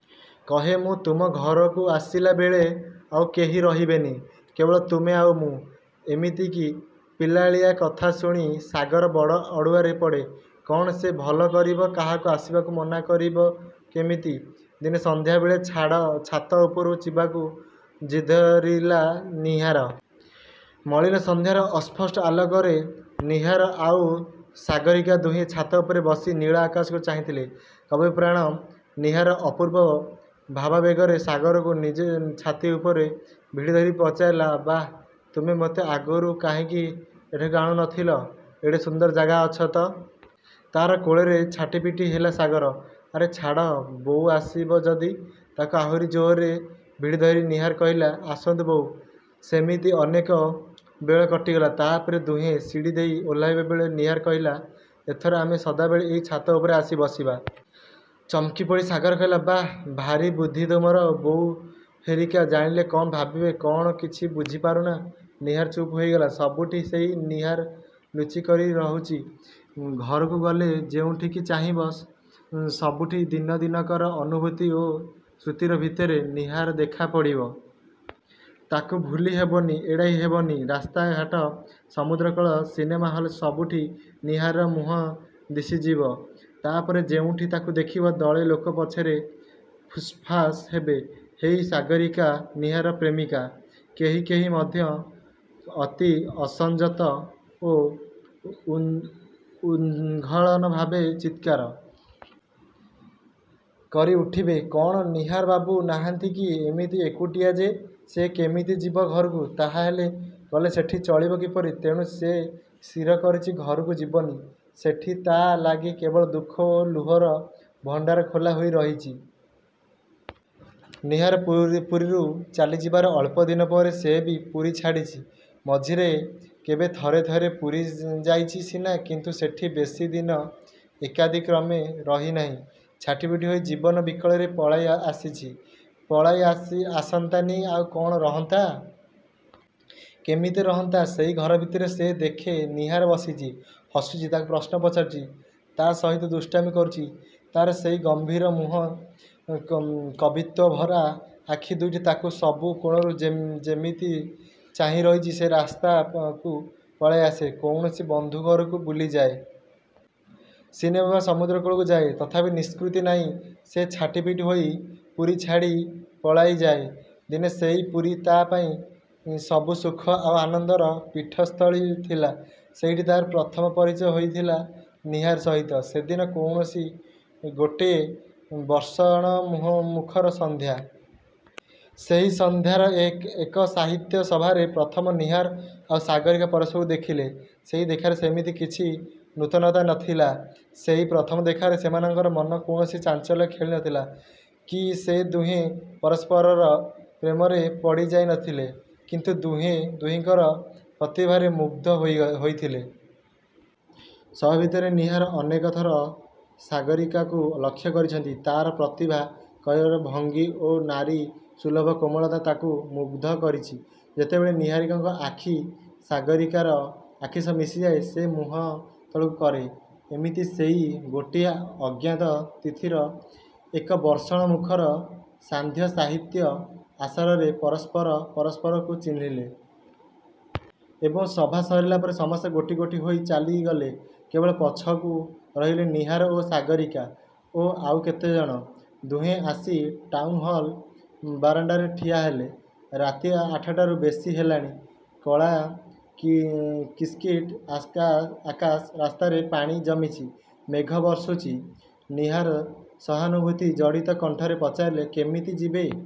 କହେ ''ମୁଁ ତୁମ ଘରକୁ ଆସିଲା ବେଳେ ଆଉ କେହି ରହିବେନି। କେବଳ ତୁମେ ଆଉ ମୁଁ। '' ଏମିତି ପିଲାଳିଆ କଥା ଶୁଣି ସାଗର ବଡ଼ ଅଡ଼ୁଆରେ ପଡ଼େ। କ'ଣ ସେ ଭଲା କରିବ-। କାହାକୁ ଆସିବାକୁ ମନା କରିବ କିମିତି? ଦିନେ ସନ୍ଧ୍ୟା ବେଳେ ଛାତ ଉପରକୁ ଯିବାକୁ ଜିଦ୍ଧରିଲା ନୀହାର। ମଳିନ ସନ୍ଧ୍ୟାର ଅସ୍ପଷ୍ଟ ଆଲୋକରେ ନୀହାର ଆଉ ସାଗରୀକା ଦୁହେଁ ଛାତ ଉପରେ ବସି ନୀଳ ଆକାଶକୁ ଚାହିଁଥିଲେ। କବିପ୍ରାଣ ନୀହାର ଅପୂର୍ବ ଭାବାବେଗରେ ସାଗରକୁ ନିଜ ଛାତି ଉପରେ ଭିଡ଼ିଧରି ପଚାରିଲା–''ବାଃ ତୁମେ ମୋତେ ଆଗରୁ କାହିଁକି ଏଠାକୁ ଆଣୁ ନଥିଲ। ଏଡ଼େ ସୁନ୍ଦର ଜାଗା ଅଥଚ...। '' ତା'ର କୋଳରେ ଛାଟିପିଟି ହେଲା ସାଗର। ''ଆରେ ଛାଡ଼। ବୋଉ ଆସିବ ଯଦି। '' ତାକୁ ଆହୁରି ଜୋରରେ ଭିଡ଼ିଧରି ନୀହାର କହିଲା–''ଆସନ୍ତୁ ବୋଉ-। '' ସେମିତି ଅନେକ ବେଳ କଟିଗଲା। ତା'ପରେ ଦୁହେଁ ସିଡ଼ି ଦେଇ ଓହ୍ଲାଇଲା ବେଳେ ନୀହାର କହିଲା–''ଏଥର ଆମେ ସଦାବେଳେ ଏଇ ଛାତ ଉପରେ ଆସି ବସିବା। '' ଚମକି ପଡ଼ି ସାଗର କହିଲା–''ବାଃ, ଭାରୀ ବୁଦ୍ଧି ତୁମର। ବୋଉ ହେରିକା ଜାଣିଲେ କ'ଣ ଭାବିବେ; କ'ଣ କିଛି ବୁଝିପାରୁନ। '' ନୀହାର ଚୁପ୍ ହୋଇଗଲା। ସବୁଠି ସେଇ ନୀହାର ଲୁଚି କରି ରହିଛି। ଘରକୁ ଗଲେ ଯେଉଁଠିକି ଚାହିଁବ ସବୁଠି ଦିନ ଦିନକର ଅନୁଭୂତି ଓ ସ୍ମୃତିର ଭିତରେ, ନୀହାର ଦେଖା ପଡ଼ିବ। ତାକୁ ଭୁଳି ହେବନି, ଏଡ଼ାଇ ହେବନି। ରାସ୍ତାଘାଟ, ସମୁଦ୍ରକୂଳ, ସିନେମା ହଲ, ସବୁଠି ନୀହାରର ମୁହଁ ଦିଶିଯିବ। ତା'ପରେ ଯେଉଁଠି ତାକୁ ଦେଖିବେ; ଦଳେ ଲୋକ ପଛରେ ଫୁସ୍ଫାସ୍ ହେବେ–''ହେଇରେ ସାଗରୀକା–ନୀହାରର ପ୍ରେମିକା। '' କେହି କେହି ମଧ୍ୟ ଅତି ଅସଂଯତ ଓ ଉଚ୍ଛୃଙ୍ଖଳ ଭାବରେ ଚିତ୍କାର। କରି ଉଠିବେ ''କ'ଣ ନୀହାର ବାବୁ ନାହାନ୍ତି କି? ଏମିତି ଏକୁଟିଆ ଯେ। '' ସେ କେମିତି ଯିବ ଘରକୁ ତା'ହେଲେ? ଗଲେ ସେଠି ଚଳିବ କିପରି? ତେଣୁ ସେ ସ୍ଥିର କରିଛି ଘରକୁ ଯିବନି। ସେଠି ତା' ଲାଗି କେବଳ ଦୁଃଖ ଓ ଲୁହର ଭଣ୍ଡାର ଖୋଲା ହୋଇ ରହିଛି। ନୀହାର ପୁରୀରୁ ଚାଲି ଯିବାର ଅଳ୍ପ ଦିନ ପରେ ସେ ବି ପୁରୀ ଛାଡ଼ିଛି। ମଝିରେ କେବେ ଥରେ ଥରେ ପୁରୀ ଯାଇଛି ସିନା; କିନ୍ତୁ ସେଠି ବେଶୀ ଦିନ ଏକାଦିକ୍ରମେ ରହିନାହିଁ। ଛାଟିପିଟି ହୋଇ ଜୀବନ ବିକଳରେ ପଳାଇ ଆସିଛି। ପଳାଇ ଆସନ୍ତାନି–ଆଉ କ'ଣ ରହନ୍ତା? କିମିତି ରହନ୍ତା? ସେଇ ଘର ଭିତରେ ସେ ଦେଖେ; ନୀହାର ବସିଛି–ହସୁଛି–ତାକୁ ପ୍ରଶ୍ନ ପଚାରୁଛି। ତା' ସହିତ ଦୁଷ୍ଟାମି କରୁଛି। ତା'ର ସେଇ ଗମ୍ଭୀର ମୁହଁ, କବିତ୍ୱଭରା ଆଖି ଦୁଇଟି ତାକୁ ସବୁ କୋଣରୁ ଯେମିତି ଚାହିଁ ରହିଛି। ସେ ରାସ୍ତାକୁ ପଳାଇ ଆସେ–କୌଣସି ବନ୍ଧୁଘରକୁ ବୁଲିଯାଏ-। ସିନେମା ବା ସମୁଦ୍ର କୂଳକୁ ଯାଏ। ତଥାପି ନିଷ୍କୃତି ନାଇଁ। ସେ ଛାଟିପିଟି ହୋଇ ପୁରୀ ଛାଡ଼ି ପଳାଇ ଯାଏ। ଦିନେ ସେଇ ପୁରୀ ତା'ପାଇଁ ସବୁ ସୁଖ ଆଉ ଆନନ୍ଦର ପୀଠସ୍ଥଳୀ ଥିଲା। ସେଇଠି ତା'ର ପ୍ରଥମ ପରିଚୟ ହୋଇଥିଲା ନୀହାର ସହିତ। ସେଦିନ କୌଣସି ଗୋଟିଏ ବର୍ଷଣମୁଖର ସନ୍ଧ୍ୟା। ସେହି ସନ୍ଧ୍ୟାର ଏକ ସାହିତ୍ୟ-ସଭାରେ ପ୍ରଥମେ ନୀହାର ଆଉ ସାଗରୀକା ପରସ୍ପରକୁ ଦେଖିଲେ। ସେ ଦେଖାରେ ସେମିତି କିଛି ନୂତନତା ନଥିଲା। ସେଇ ପ୍ରଥମ ଦେଖାରେ ସେମାନଙ୍କର ମନରେ କୌଣସି ଚାଞ୍ଚଲ୍ୟ ଖେଳି ନଥିଲା, କି ସେ ଦୁହେଁ ପରସ୍ପରର ପ୍ରେମରେ ପଡ଼ିଯାଇ ନଥିଲେ। କିନ୍ତୁ ଦୁହେଁ ଦୁହିଁଙ୍କର ପ୍ରତିଭାରେ ମୁଗ୍ଧ ହୋଇଥିଲେ। ସଭା ଭିତରେ ନୀହାର ଅନେକଥର ସାଗରୀକାକୁ ଲକ୍ଷ୍ୟ କରିଛନ୍ତି। ତା'ର ପ୍ରତିଭା, କହିବାର ଭଙ୍ଗୀ ଓ ନାରୀ ସୁଲଭ କୋମଳତା ତାଙ୍କୁ ମୁଗ୍ଧ କରିଛି। ଯେତେବେଳେ ନୀହାରଙ୍କ ଆଖି ସାଗରୀକାର ଆଖିସହ ମିଶିଯାଏ, ସେ ମୁହଁ ତଳକୁ କରେ। ଏମିତି ସେଇ ଗୋଟିଏ ଅଜ୍ଞାତ-ତିଥିର ଏକ ବର୍ଷଣମୁଖର ସାନ୍ଧ୍ୟ-ସାହିତ୍ୟ-ଆସରରେ ପରସ୍ପର ପରସ୍ପରକୁ ଚିହ୍ନିଲେ। ଏବଂ ସଭା ସରିଲା ପରେ ସମସ୍ତେ ଗୋଟି ଗୋଟି ହୋଇ ଚାଳିଗଲେ। କେବଳ ପଛକୁ ରହିଗଲେ ନୀହାର ଓ ସାଗରୀକା; ଓ ଆଉ କେତେଜଣ। ଦୁହେଁ ଆସି ଟାଉନ୍ହଲ୍ ବାରଣ୍ଡାରେ ଠିଆ ହେଲେ। ରାତି ଆଠଟାରୁ ବେଶୀ ହେଲାଣି। କଳା କିଟ୍କିଟ୍ ଆକାଶ। ରାସ୍ତାରେ ପାଣି ଜମିଛି। ମେଘ ବର୍ଷୁଛି। ନୀହାର ସହାନୁଭୂତି ଜଡ଼ିତ କଣ୍ଠରେ ପଚାରିଲେ–''କେମିତି ଯିବ''।